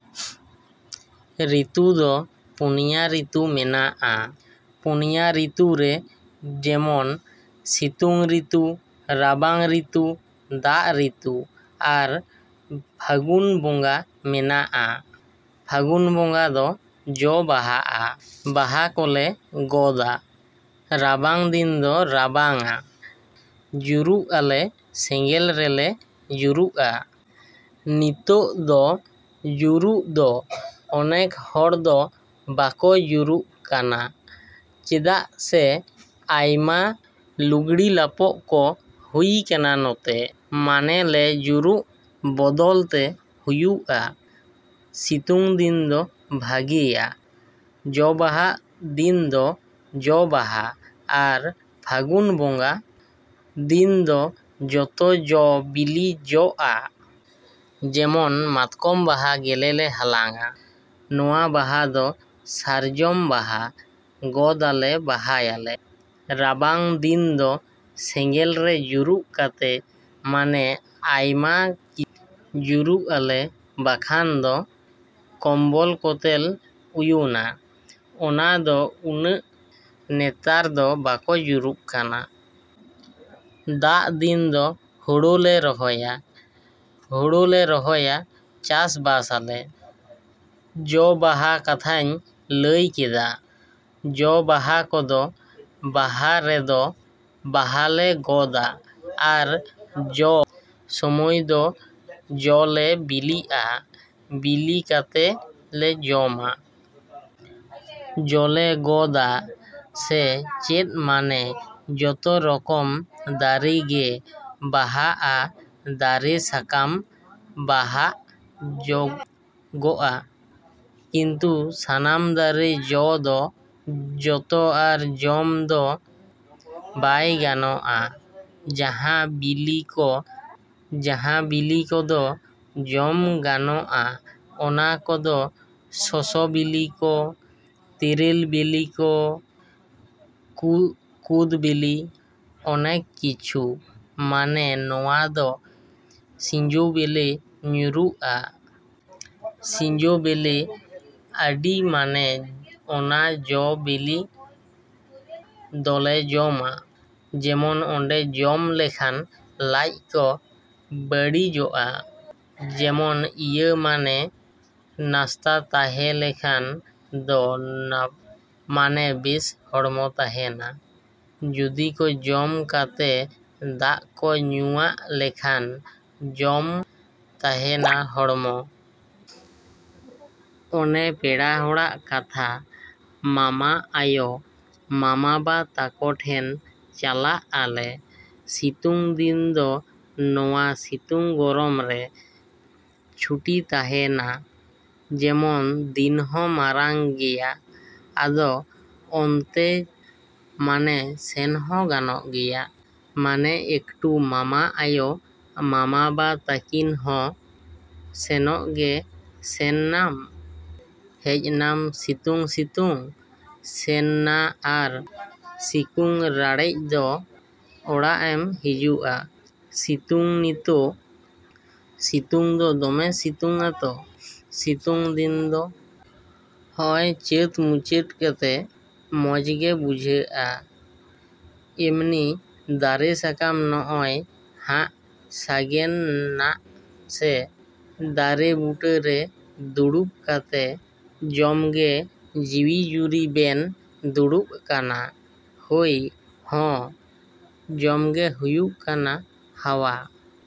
ᱨᱤᱛᱩ ᱫᱚ ᱯᱩᱱᱭᱟ ᱨᱤᱛᱩ ᱢᱮᱱᱟᱜᱼᱟ᱾ ᱯᱩᱱᱭᱟ ᱨᱤᱛᱩ ᱨᱮ ᱡᱮᱢᱚᱱ ᱥᱤᱛᱩᱝ ᱨᱤᱛᱩ, ᱨᱟᱵᱟᱝ ᱨᱤᱛᱩ, ᱫᱟᱜ ᱨᱤᱛᱩ ᱟᱨ ᱯᱷᱟᱹᱜᱩᱱ ᱵᱚᱸᱜᱟ ᱢᱮᱱᱟᱜᱼᱟ᱾ ᱯᱷᱟᱹᱜᱩᱱ ᱵᱚᱸᱜᱟ ᱫᱚ ᱡᱚ ᱵᱟᱦᱟᱜᱼᱟ᱾ ᱵᱟᱦᱟ ᱠᱚᱞᱮ ᱜᱚᱫᱟ᱾ ᱨᱟᱵᱟᱝ ᱫᱤᱱ ᱫᱚ ᱨᱟᱵᱟᱝᱟ, ᱡᱩᱨᱩᱜᱼᱟᱞᱮ, ᱥᱮᱜᱮᱞ ᱨᱮᱞᱮ ᱡᱩᱨᱩᱜᱼᱟ᱾ ᱱᱤᱛᱳᱜ ᱫᱚ ᱡᱩᱨᱩᱜ ᱫᱚ ᱚᱱᱮᱠ ᱦᱚᱲ ᱫᱚ ᱵᱟᱠᱚ ᱡᱩᱨᱩᱜ ᱠᱟᱱᱟ ᱪᱮᱫᱟᱜ ᱥᱮ ᱟᱭᱢᱟ ᱞᱩᱜᱽᱲᱤᱼᱞᱟᱯᱚ ᱠᱚ ᱦᱩᱭ ᱠᱟᱱᱟ ᱚᱱᱟᱛᱮ ᱢᱟᱱᱮ ᱞᱮ ᱡᱩᱨᱩᱜ ᱵᱚᱫᱚᱞ ᱛᱮᱞᱮ ᱩᱭᱩᱜᱼᱟ᱾ ᱥᱤᱛᱩᱝ ᱫᱤᱱ ᱫᱚ ᱵᱷᱟᱜᱮᱭᱟ᱾ ᱡᱚ ᱵᱟᱦᱟᱜ ᱫᱤᱱ ᱫᱚ ᱡᱚ, ᱵᱟᱦᱟ ᱟᱨ ᱯᱷᱟᱹᱜᱩᱱ ᱵᱚᱸᱜᱟ ᱫᱤᱱ ᱫᱚ ᱡᱮᱢᱚᱱ ᱡᱚᱛᱚ ᱡᱚ ᱵᱤᱞᱤ ᱡᱚᱜᱼᱟ᱾ ᱡᱮᱢᱚᱱ ᱢᱟᱛᱠᱚᱢ ᱜᱮᱞᱮ ᱵᱟᱦᱟ ᱞᱮ ᱦᱟᱞᱟᱝᱟ᱾ ᱱᱚᱣᱟ ᱵᱟᱦᱟ ᱫᱚ, ᱥᱟᱨᱡᱚᱢ ᱵᱟᱦᱟ ᱫᱚ ᱜᱚᱫᱟᱞᱮ ᱵᱟᱦᱟᱭᱟᱞᱮ᱾ ᱨᱟᱵᱟᱝ ᱫᱤᱱ ᱫᱚ ᱥᱮᱸᱜᱮᱞ ᱨᱮ ᱡᱩᱨᱩᱜ ᱠᱟᱛᱮ ᱢᱟᱱᱮ ᱟᱭᱢᱟ ᱠᱤᱪᱷᱩ ᱡᱩᱨᱩᱜ ᱟᱞᱮ ᱵᱟᱠᱷᱟᱱ ᱫᱚ ᱠᱚᱢᱵᱚᱞ ᱠᱚᱛᱮᱞ ᱩᱭᱩᱱᱟ᱾ ᱚᱱᱟ ᱫᱚ ᱩᱱᱟᱹᱜ ᱱᱮᱛᱟᱨ ᱫᱚ ᱵᱟᱠᱚ ᱡᱩᱨᱩᱜ ᱠᱟᱱᱟ᱾ ᱫᱟᱜ ᱫᱤᱱ ᱫᱚ ᱦᱳᱲᱳ ᱞᱮ ᱨᱚᱦᱚᱭᱟ᱾ ᱦᱳᱲᱳ ᱞᱮ ᱨᱚᱦᱚᱭᱟ, ᱪᱟᱥᱵᱟᱥᱟᱞᱮ᱾ ᱡᱚ ᱵᱟᱦᱟ ᱠᱟᱛᱷᱟᱧ ᱞᱟᱹᱭ ᱠᱮᱫᱟ᱾ ᱡᱚ ᱵᱟᱦᱟ ᱠᱚᱫᱚ ᱵᱟᱦᱟ ᱨᱮᱫᱚ ᱵᱟᱦᱟ ᱞᱮ ᱜᱚᱫᱟ ᱟᱨ ᱡᱚ ᱥᱚᱢᱚᱭ ᱫᱚ ᱡᱚ ᱞᱮ ᱵᱤᱞᱤᱜᱼᱟ, ᱵᱤᱞᱤ ᱠᱟᱛᱮ ᱞᱮ ᱡᱚᱢᱟ᱾ ᱡᱚᱞᱮ ᱜᱚᱫᱟ ᱥᱮ ᱪᱮᱫ ᱢᱟᱱᱮ ᱡᱚᱛᱚ ᱨᱚᱠᱚᱢ ᱫᱟᱨᱮ ᱜᱮ ᱵᱟᱦᱟᱜᱼᱟ, ᱫᱟᱨᱮ ᱥᱟᱠᱟᱢ ᱵᱟᱦᱟᱜᱼᱟ, ᱡᱚᱜᱼᱟ, ᱠᱤᱱᱛᱩ ᱥᱟᱱᱟᱢ ᱫᱟᱨᱮ ᱡᱚ ᱫᱚ ᱡᱚᱛᱚ ᱟᱨ ᱡᱚᱢ ᱫᱚ ᱵᱟᱭ ᱜᱟᱱᱚᱜᱼᱟ᱾ ᱡᱟᱦᱟᱸ ᱵᱤᱞᱤ ᱠᱚ ᱡᱚᱢ ᱜᱟᱱᱚᱼᱟ ᱚᱱᱟ ᱠᱚᱫᱚ ᱥᱚᱥᱚ ᱵᱤᱞᱤ ᱠᱚ, ᱛᱮᱨᱮᱞ ᱵᱤᱞᱤ, ᱠᱩᱫ ᱵᱤᱞᱤ, ᱚᱱᱮᱠ ᱠᱤᱪᱷᱩ ᱢᱟᱱᱮ ᱱᱚᱣᱟ ᱫᱚ ᱥᱤᱸᱡᱳ ᱵᱤᱞᱤ ᱧᱩᱨᱩᱜᱼᱟ᱾ ᱥᱤᱸᱡᱳ ᱵᱤᱞᱤ ᱟᱹᱰᱤ ᱢᱟᱱᱮ ᱚᱱᱟ ᱡᱚ ᱵᱤᱞᱤ ᱫᱚᱞᱮ ᱡᱚᱢᱟ᱾ ᱡᱮᱢᱚᱱ ᱚᱸᱰᱮ ᱡᱚᱢ ᱞᱮᱠᱷᱟᱱ ᱞᱟᱡ ᱠᱚ ᱵᱟᱹᱲᱤᱡᱚᱜᱼᱟ᱾ ᱡᱮᱢᱚᱱ ᱤᱭᱟᱹ ᱢᱟᱱᱮ ᱱᱟᱥᱛᱟ ᱛᱟᱦᱮᱞᱮᱱᱠᱷᱟᱱ ᱫᱚ ᱢᱟᱱᱮ ᱵᱮᱥ ᱦᱚᱲᱢᱚ ᱛᱟᱦᱮᱱᱟ᱾ ᱡᱩᱫᱤ ᱠᱚ ᱡᱚᱢ ᱠᱟᱛᱮ ᱫᱟᱜ ᱠᱚ ᱧᱩᱣᱟᱜ ᱞᱮᱠᱷᱟᱱ ᱢᱚᱡ ᱛᱟᱦᱮᱱᱟ ᱦᱚᱲᱢᱚ᱾ ᱚᱱᱮ ᱯᱮᱲᱟ ᱦᱚᱲᱚᱜ ᱠᱟᱛᱷᱟ᱾ ᱢᱟᱢᱟ ᱟᱭᱚ, ᱢᱟᱢᱟ ᱵᱟ ᱛᱟᱠᱚ ᱴᱷᱮᱱ ᱪᱟᱞᱟᱜ ᱟᱞᱮ᱾ ᱥᱤᱛᱩᱝ ᱫᱤᱱ ᱫᱚ ᱱᱚᱣᱟ ᱥᱤᱛᱩᱝ ᱜᱚᱨᱚᱢ ᱨᱮ ᱪᱷᱩᱴᱤ ᱛᱟᱦᱮᱱᱟ᱾ ᱡᱮᱢᱚᱱ ᱫᱤᱱ ᱦᱚᱸ ᱢᱟᱨᱟᱝ ᱜᱮᱭᱟ ᱟᱫᱚ ᱚᱱᱟᱛᱮ ᱢᱟᱱᱮ ᱥᱮᱱ ᱦᱚᱸ ᱜᱟᱱᱚᱜ ᱜᱮᱭᱟ᱾ ᱢᱟᱱᱮ ᱮᱠᱴᱩ ᱢᱟᱢᱟ ᱟᱭᱩ ᱢᱟᱢᱟ ᱵᱟ ᱛᱟᱠᱤᱱ ᱦᱚᱸ ᱥᱮᱱᱚᱜ ᱜᱮ ᱥᱮᱱ ᱱᱟᱢ, ᱦᱮᱡᱱᱟᱢ ᱥᱤᱛᱩᱝ ᱥᱤᱛᱩᱝ ᱥᱮᱱ ᱱᱟ ᱟᱨ ᱥᱤᱠᱩᱝ ᱨᱟᱲᱮᱡ ᱫᱚ ᱚᱲᱟᱜ ᱮᱢ ᱦᱤᱡᱩᱜᱼᱟ᱾ ᱥᱤᱛᱩᱝ ᱱᱤᱛᱳᱜ ᱥᱤᱛᱩᱝ ᱫᱚ ᱫᱚᱢᱮ ᱥᱤᱛᱩᱝᱟᱛᱚ ᱥᱤᱛᱩᱝ ᱫᱤᱱ ᱫᱚ᱾ ᱦᱚᱸᱜᱼᱚᱭ ᱪᱟᱹᱛ ᱢᱩᱪᱟᱹᱫ ᱠᱟᱛᱮ ᱢᱚᱡᱽ ᱜᱮ ᱵᱩᱡᱷᱟᱹᱜᱼᱟ ᱮᱢᱱᱤ᱾ ᱫᱟᱨᱮ ᱥᱟᱠᱟᱢ ᱱᱚᱜᱼᱚᱭ ᱦᱟᱸᱜ ᱥᱟᱜᱮᱱ ᱱᱟ ᱥᱮ ᱫᱟᱨᱮ ᱵᱩᱴᱟᱹᱨᱮ ᱫᱩᱲᱩᱵ ᱠᱟᱛᱮ ᱢᱚᱡᱽ ᱜᱮ ᱡᱤᱣᱤ ᱡᱩᱨᱤ ᱵᱮᱱ ᱫᱩᱲᱩᱵ ᱠᱟᱱᱟ᱾ ᱦᱚᱭ ᱦᱚᱸ ᱢᱚᱡᱽ ᱜᱮ ᱦᱤᱡᱩᱜ ᱠᱟᱱᱟ ᱦᱟᱣᱟ᱾